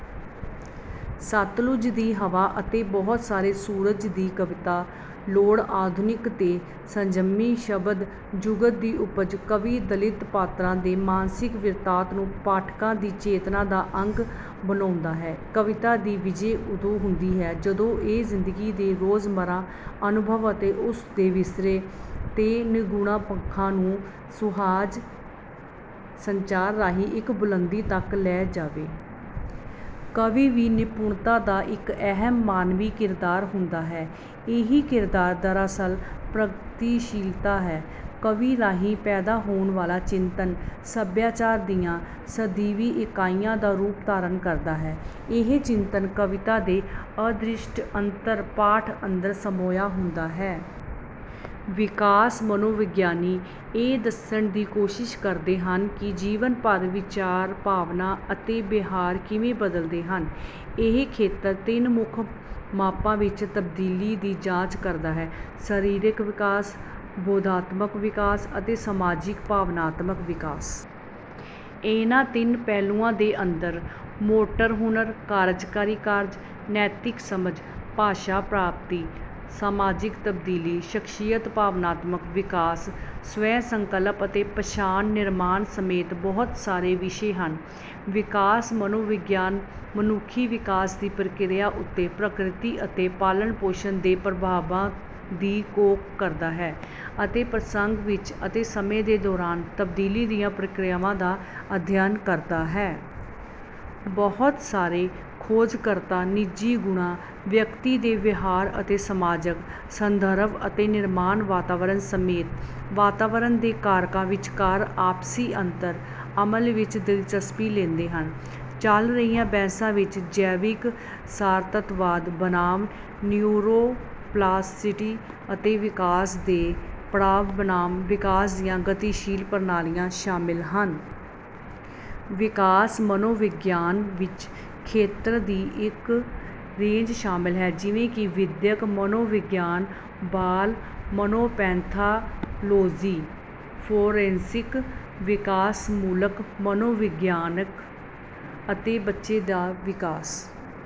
‘ਸਤਲੁੱਜ ਦੀ ਹਵਾ’ ਅਤੇ ‘ਬਹੁਤ ਸਾਰੇ ਸੂਰਜ’ ਦੀ ਕਵਿਤਾ ਲੋੜ, ਆਧੁਨਿਕ ਤੇ ਸੰਜਮੀ ਸ਼ਬਦ-ਜੁਗਤ ਦੀ ਉਪਜ ਹੈ। ਕਵੀ ਦਲਿਤ ਪਾਤਰਾਂ ਦੇ ਮਾਨਸਿਕ ਬਿਰਤਾਂਤ ਨੂੰ ਪਾਠਕਾਂ ਦੀ ਚੇਤਨਾ ਦਾ ਅੰਗ ਬਣਾਉਂਦਾ ਹੈ। ਕਵਿਤਾ ਦੀ ਵਿਜੈ ਉਦੋਂ ਹੁੰਦੀ ਹੈ, ਜਦੋਂ ਇਹ ਜ਼ਿੰਦਗੀ ਦੇ ਰੋਜ਼-ਮਰਾ ਅਨੁਭਵ ਅਤੇ ਉਸ ਦੇ ਵਿਸਰੇ ਤੇ ਨਿਗੂਣੇ ਪੱਖਾਂ ਨੂੰ ਸੁਹਜ ਸੰਚਾਰ ਰਾਹੀਂ ਇੱਕ ਬੁਲੰਦੀ ਤੱਕ ਲੈ ਜਾਵੇ। ਕਵੀ ਦੀ ਨਿਪੁੰਨਤਾ ਦਾ ਇੱਕ ਅਹਿਮ ਮਾਨਵੀ ਕਿਰਦਾਰ ਹੁੰਦਾ ਹੈ। ਇਹੀ ਕਿਰਦਾਰ, ਦਰਅਸਲ, ਪ੍ਰਗਤੀਸ਼ੀਲਤਾ ਹੈ। ਕਾਵਿ ਰਾਹੀਂ ਪੈਦਾ ਹੋਣ ਵਾਲਾ ਚਿੰਤਨ ਸਭਿਆਚਾਰ ਦੀਆਂ ਸਦੀਵੀ ਇਕਾਈਆਂ ਦਾ ਰੂਪ ਧਾਰਣ ਕਰਦਾ ਹੈ। ਇਹ ਚਿੰਤਨ ਕਵਿਤਾ ਦੇ ਅਦ੍ਰਿਸ਼ਟ ਅੰਤਰ-ਪਾਠ ਅੰਦਰ ਸਮੋਇਆ ਹੁੰਦਾ ਹੈ। ਵਿਕਾਸ ਮਨੋਵਿਗਿਆਨੀ ਇਹ ਦੱਸਣ ਦੀ ਕੋਸ਼ਿਸ਼ ਕਰਦੇ ਹਨ ਕਿ ਜੀਵਨ ਭਰ ਵਿਚਾਰ, ਭਾਵਨਾ ਅਤੇ ਵਿਹਾਰ ਕਿਵੇਂ ਬਦਲਦੇ ਹਨ। ਇਹ ਖੇਤਰ ਤਿੰਨ ਮੁੱਖ ਮਾਪਾਂ ਵਿੱਚ ਤਬਦੀਲੀ ਦੀ ਜਾਂਚ ਕਰਦਾ ਹੈ: ਸਰੀਰਕ ਵਿਕਾਸ, ਬੋਧਾਤਮਕ ਵਿਕਾਸ ਅਤੇ ਸਮਾਜਿਕ-ਭਾਵਨਾਤਮਕ ਵਿਕਾਸ। ਇਹਨਾਂ ਤਿੰਨ ਪਹਿਲੂਆਂ ਦੇ ਅੰਦਰ ਮੋਟਰ ਹੁਨਰ, ਕਾਰਜਕਾਰੀ ਕਾਰਜ, ਨੈਤਿਕ ਸਮਝ, ਭਾਸ਼ਾ ਪ੍ਰਾਪਤੀ, ਸਮਾਜਿਕ ਤਬਦੀਲੀ, ਸ਼ਖ਼ਸੀਅਤ, ਭਾਵਨਾਤਮਕ ਵਿਕਾਸ, ਸਵੈ-ਸੰਕਲਪ ਅਤੇ ਪਛਾਣ-ਨਿਰਮਾਣ ਸਮੇਤ ਬਹੁਤ ਸਾਰੇ ਵਿਸ਼ੇ ਹਨ। ਵਿਕਾਸ ਮਨੋਵਿਗਿਆਨ ਮਨੁੱਖੀ ਵਿਕਾਸ ਦੀ ਪ੍ਰਕਿਰਿਆ ਉੱਤੇ ਪ੍ਰਕਿਰਤੀ ਅਤੇ ਪਾਲਣ-ਪੋਸ਼ਣ ਦੇ ਪ੍ਰਭਾਵਾਂ ਦੀ ਘੋਖ ਕਰਦਾ ਹੈ ਅਤੇ ਪ੍ਰਸੰਗ ਵਿੱਚ ਅਤੇ ਸਮੇਂ ਦੇ ਦੌਰਾਨ ਤਬਦੀਲੀ ਦੀਆਂ ਪ੍ਰਕਿਰਿਆਵਾਂ ਦਾ ਅਧਿਐਨ ਕਰਦਾ ਹੈ। ਬਹੁਤ ਸਾਰੇ ਖੋਜਕਰਤਾ ਨਿੱਜੀ ਗੁਣਾਂ, ਵਿਅਕਤੀ ਦੇ ਵਿਹਾਰ ਅਤੇ ਸਮਾਜਕ ਸੰਦਰਭ ਅਤੇ ਨਿਰਮਾਣ-ਵਾਤਾਵਰਨ ਸਮੇਤ ਵਾਤਾਵਰਣ ਦੇ ਕਾਰਕਾਂ ਵਿਚਕਾਰ ਆਪਸੀ ਅੰਤਰ-ਅਮਲ ਵਿੱਚ ਦਿਲਚਸਪੀ ਲੈਂਦੇ ਹਨ। ਚੱਲ ਰਹੀਆਂ ਬਹਿਸਾਂ ਵਿੱਚ ਜੈਵਿਕ ਸਾਰਤੱਤਵਾਦ ਬਨਾਮ ਨਿਊਰੋਪਲਾਸਟੀਸਿਟੀ ਅਤੇ ਵਿਕਾਸ ਦੇ ਪੜਾਅ ਬਨਾਮ ਵਿਕਾਸ ਦੀਆਂ ਗਤੀਸ਼ੀਲ ਪ੍ਰਣਾਲੀਆਂ ਸ਼ਾਮਲ ਹਨ। ਵਿਕਾਸ ਮਨੋਵਿਗਿਆਨ ਵਿੱਚ ਖੇਤਰਾਂ ਦੀ ਇੱਕ ਰੇਂਜ ਸ਼ਾਮਲ ਹੈ, ਜਿਵੇਂ ਕਿ ਵਿਦਿਅਕ ਮਨੋਵਿਗਿਆਨ, ਬਾਲ ਮਨੋਪੈਥਾਲੌਜੀ, ਫੋਰੈਂਸਿਕ ਵਿਕਾਸਮੂਲਕ ਮਨੋਵਿਗਿਆਨ ਅਤੇ ਬੱਚੇ ਦਾ ਵਿਕਾਸ।